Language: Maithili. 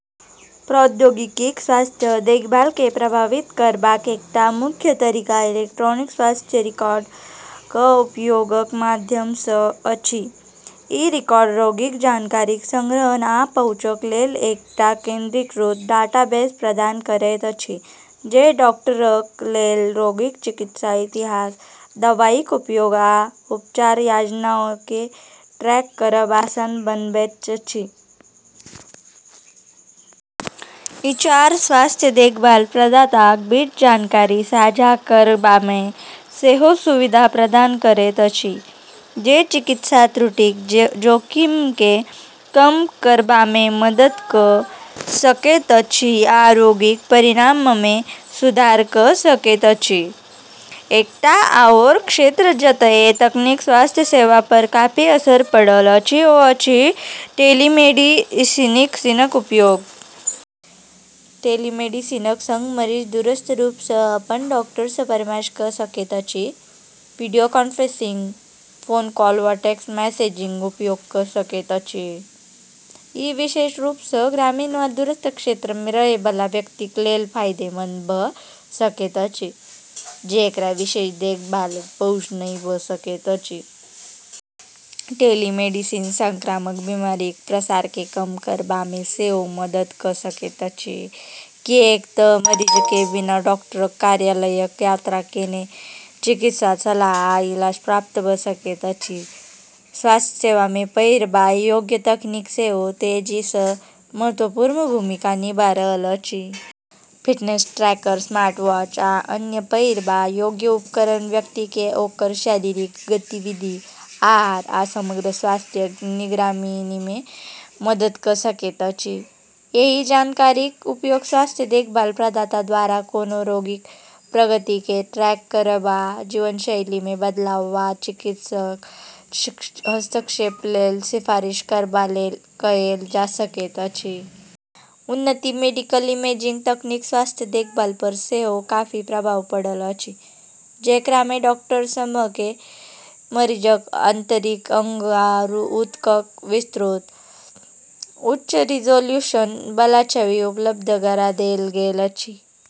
प्रौद्योगिकिक स्वास्थ्य देखभालकेँ प्रभावित करबाक एकटा मुख्य तरीका इलेक्ट्रॉनिक स्वास्थ्य रिकॉर्ड (ईएचआर) क उपयोगक माध्यम सँ अछि। ई रिकॉर्ड रोगीक जानकारीक संग्रहण आ पहुँचक लेल एकटा केंद्रीकृत डाटाबेस प्रदान करैत अछि, जे डॉक्टरक लेल रोगीक चिकित्सा इतिहास, दवाईक उपयोग आ उपचार योजनाकेँ ट्रैक करब आसान बनाबैत अछि। ईएचआर स्वास्थ्य देखभाल प्रदाताक बीच जानकारी साझा करबामे सेहो सुविधा प्रदान करैत अछि, जे चिकित्सा त्रुटिक जोखिमकेँ कम करबामे मदद क’ सकैत अछि आ रोगीक परिणाममे सुधार क’ सकैत अछि। एकटा आओर क्षेत्र जतए तकनीकक स्वास्थ्य सेवा पर काफी असर पड़ल अछि ओ अछि टेलीमेडिसिनक उपयोग। टेलीमेडिसिनक संग मरीज दूरस्थ रूप सँ अपन डॉक्टर सँ परामर्श क’ सकैत अछि, वीडियो कॉन्फ्रेंसिंग, फोन कॉल वा टेक्स्ट मैसेजिंगक उपयोग क’ सकैत अछि। ई विशेष रूप सँ ग्रामीण वा दूरस्थ क्षेत्रमे रहै बला व्यक्तिक लेल फायदेमंद भ’ सकैत अछि, जेकरा विशेष देखभालक पहुँच नहि भ’ सकैत अछि। टेलीमेडिसिन संक्रामक बीमारीक प्रसारकेँ कम करबामे सेहो मदद क’ सकैत अछि, किएक तँ मरीजकेँ बिना डॉक्टरक कार्यालयक यात्रा केने चिकित्सा सलाह आ इलाज प्राप्त भ’ सकैत अछि। स्वास्थ्य सेवामे पहिरबा योग्य तकनीक सेहो तेजी सँ महत्वपूर्ण भूमिका निभा रहल अछि। फिटनेस ट्रैकर, स्मार्टवॉच आ अन्य पहिरबा योग्य उपकरण व्यक्तिकेँ ओकर शारीरिक गतिविधि, आहार आ समग्र स्वास्थ्यक निगरानीमे मदद क’ सकैत अछि। एहि जानकारीक उपयोग स्वास्थ्य देखभाल प्रदाता द्वारा कोनो रोगीक प्रगतिकेँ ट्रैक करब आ जीवनशैलीमे बदलाव वा चिकित्सा हस्तक्षेप लेल सिफारिश करबा लेल कएल जा सकैत अछि। उन्नत मेडिकल इमेजिंग तकनीकक स्वास्थ्य देखभाल पर सेहो काफी प्रभाव पड़ल अछि, जेकरामे डॉक्टर सभकेँ मरीजक आंतरिक अंग आ ऊतकक विस्तृत, उच्च रिजोल्यूशन बला छवि उपलब्ध गरा देल गेल अछि।